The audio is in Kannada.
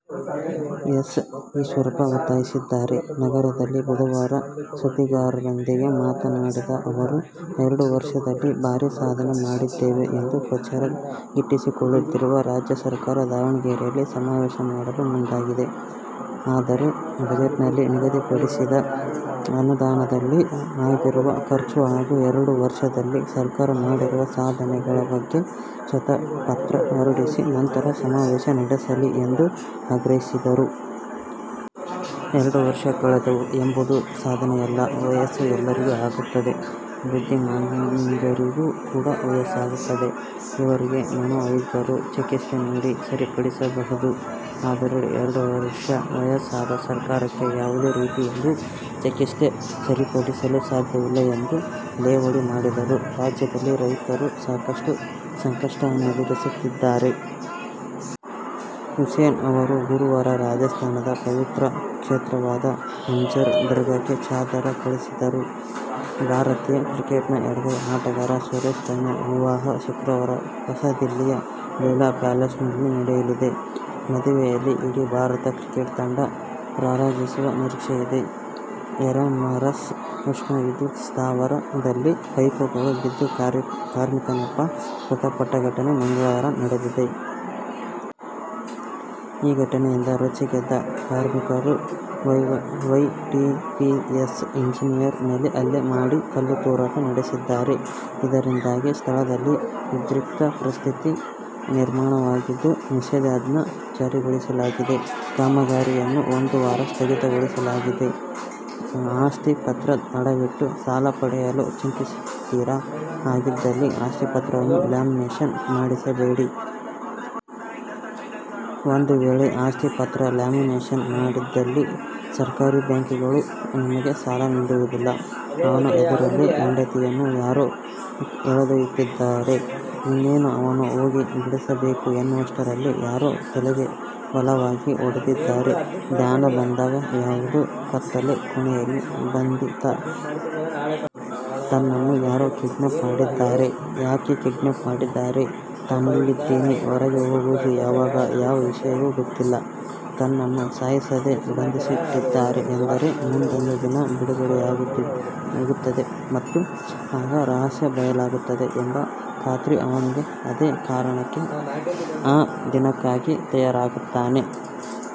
ಎಸ್. ಈಶ್ವರಪ್ಪ ಒತ್ತಾಯಿಸಿದ್ದಾರೆ. ನಗರದಲ್ಲಿ ಬುಧವಾರ ಸುದ್ದಿಗಾರರೊಂದಿಗೆ ಮಾತನಾಡಿದ ಅವರು, ಎರಡು ವರ್ಷದಲ್ಲಿ ಭಾರೀ ಸಾಧನೆ ಮಾಡಿದ್ದೇವೆ ಎಂದು ಪ್ರಚಾರ ಗಿಟ್ಟಿಸಿಕೊಳ್ಳುತ್ತಿರುವ ರಾಜ್ಯ ಸರ್ಕಾರ ದಾವಣಗೆರೆಯಲ್ಲಿ ಸಮಾವೇಶ ಮಾಡಲು ಮುಂದಾಗಿದೆ. ಆದರೆ, ಬಜೆಟ್ನಲ್ಲಿ ನಿಗದಿಪಡಿಸಿದ ಅನುದಾನದಲ್ಲಿ ಆಗಿರುವ ಖರ್ಚು ಹಾಗೂ ಎರಡು ವರ್ಷದಲ್ಲಿ ಸರ್ಕಾರ ಮಾಡಿರುವ ಸಾಧನೆಗಳ ಬಗ್ಗೆ ಶ್ವೇತಪತ್ರ ಹೊರಡಿಸಿ ನಂತರ ಸಮಾವೇಶ ನಡೆಸಲಿ ಎಂದು ಆಗ್ರಹಿಸಿದರು. ಎರಡು ವರ್ಷ ಕಳೆದವು ಎಂಬುದು ಸಾಧನೆಯಲ್ಲ. ವಯಸ್ಸು ಎಲ್ಲರಿಗೂ ಆಗುತ್ತದೆ. ಬುದ್ಧಿಮಾಂದ್ಯರಿಗೂ ಕೂಡ ವಯಸ್ಸಾಗುತ್ತದೆ. ಇವರಿಗೆ ಮನೋವೈದ್ಯರು ಚಿಕಿತ್ಸೆ ನೀಡಿ ಸರಿಪಡಿಸಬಹುದು. ಆದರೆ, ಎರಡು ವರ್ಷ ವಯಸ್ಸಾದ ಸರ್ಕಾರಕ್ಕೆ ಯಾವುದೇ ರೀತಿಯಲ್ಲಿಯೂ ಚಿಕಿತ್ಸೆ ನೀಡಿ ಸರಿಪಡಿಸಲು ಸಾಧ್ಯವಿಲ್ಲ ಎಂದು ಲೇವಡಿ ಮಾಡಿದರು. ರಾಜ್ಯದಲ್ಲಿ ರೈತರು ಸಾಕಷ್ಟು ಸಂಕಷ್ಟವನ್ನೆದುರಿಸುತ್ತಿದ್ದಾರೆ. ಹುಸೇನ್ ಅವರು ಗುರುವಾರ ರಾಜಸ್ಥಾನದ ಪವಿತ್ರ ಕ್ಷೇತ್ರವಾದ ಅಜ್ಮೇರ್ ದರ್ಗಾಕ್ಕೆ ಚಾದರ ಕಳುಹಿಸಿದರು. ಭಾರತೀಯ ಕ್ರಿಕೆಟಿನ ಎಡಗೈ ಆಟಗಾರ ಸುರೇಶ್ ರೈನಾ ವಿವಾಹ ಶುಕ್ರವಾರ ಹೊಸದಿಲ್ಲಿಯ ಲೀಲಾ ಪ್ಯಾಲೇಸ್ನಲ್ಲಿ ನಡೆಯಲಿದೆ. ಮದುವೆಯಲ್ಲಿ ಇಡೀ ಭಾರತ ಕ್ರಿಕೆಟ್ ತಂಡ ಹಾಜರಿರುವ ನಿರೀಕ್ಷೆಯಿದೆ. ಯರಮರಸ್ ಉಷ್ಣ ವಿದ್ಯುತ್ ಸ್ಥಾವರ ದಲ್ಲಿ ಪೈಪುಗಳು ಬಿದ್ದು ಕಾರ್ಮಿಕನೊಬ್ಬ ಮೃತಪಟ್ಟ ಘಟನೆ ಮಂಗಳವಾರ ನಡೆದಿದೆ. ಈ ಘಟನೆಯಿಂದ ರೊಚ್ಚಿಗೆದ್ದ ಕಾರ್ಮಿಕರು, ವೈಟಿಪಿಎಸ್ ಇಂಜಿನಿಯರ್ ಮೇಲೆ ಹಲ್ಲೆ ಮಾಡಿ, ಕಲ್ಲು ತೂರಾಟ ನಡೆಸಿದ್ದಾರೆ. ಇದರಿಂದಾಗಿ ಸ್ಥಳದಲ್ಲಿ ಉದ್ರಿಕ್ತ ಪರಿಸ್ಥಿತಿ ನಿರ್ಮಾಣವಾಗಿದ್ದು, ನಿಷೇಧಾಜ್ಞೆ ಜಾರಿಗೊಳಿಸಲಾಗಿದೆ. ಕಾಮಗಾರಿಯನ್ನು ಒಂದು ವಾರ ಸ್ಥಗಿತಗೊಳಿಸಲಾಗಿದೆ. ಆಸ್ತಿ ಪತ್ರ ಅಡವಿಟ್ಟು ಸಾಲ ಪಡೆಯಲು ಚಿಂತಿಸಿದ್ದೀರಾ? ಹಾಗಿದ್ದಲ್ಲಿ ಆಸ್ತಿ ಪತ್ರವನ್ನು ಲ್ಯಾಮಿನೇಷನ್ ಮಾಡಿಸ ಬೇಡಿ. ಒಂದು ವೇಳೆ ಆಸ್ತಿ ಪತ್ರ ಲ್ಯಾಮಿನೇಷನ್ ಮಾಡಿ ದ್ದಲ್ಲಿ ಸರ್ಕಾರಿ ಬ್ಯಾಂಕ್ಗಳು ನಿಮಗೆ ಸಾಲ ನೀಡುವುದಿಲ್ಲ. ಅವನ ಎದುರಲ್ಲೇ ಹೆಂಡತಿಯನ್ನು ಯಾರೋ ಎಳೆದೊಯ್ಯುತ್ತಿದ್ದಾರೆ. ಇನ್ನೇನು ಅವನು ಹೋಗಿ ಬಿಡಿಸಬೇಕು ಎನ್ನುವಷ್ಟರಲ್ಲಿ ಯಾರೋ ತಲೆಗೆ ಬಲವಾಗಿ ಹೊಡೆಯುತ್ತಾರೆ. ಜ್ಞಾನ ಬಂದಾಗ ಯಾವುದೋ ಕತ್ತಲೆ ಕೋಣೆಯಲ್ಲಿ ಬಂಧಿ ಆತ. ತನ್ನನ್ನು ಯಾರು ಕಿಡ್ನಾಪ್ ಮಾಡಿದ್ದಾರೆ, ಯಾಕೆ ಕಿಡ್ನಾಪ್ ಮಾಡಿದ್ದಾರೆ, ತಾನೆಲ್ಲಿದ್ದೀನಿ, ಹೊರಗೆ ಹೋಗೋದು ಯಾವಾಗ ಯಾವ ವಿಷಯವೂ ಗೊತ್ತಿಲ್ಲ. ತನ್ನನ್ನು ಸಾಯಿಸದೇ ಬಂಧಿಸಿಟ್ಟಿದ್ದಾರೆ ಎಂದರೆ, ಮುಂದೊಂದು ದಿನ ಬಿಡುಗಡೆಯಾಗುತ್ತದೆ ಮತ್ತು ಆಗ ರಹಸ್ಯ ಬಯಲಾಗುತ್ತದೆ ಎಂಬ ಖಾತ್ರಿ ಅವನಿಗೆ. ಅದೇ ಕಾರಣಕ್ಕೆ ಆ ದಿನಕ್ಕಾಗಿ ತಯಾರಾಗುತ್ತಾನೆ.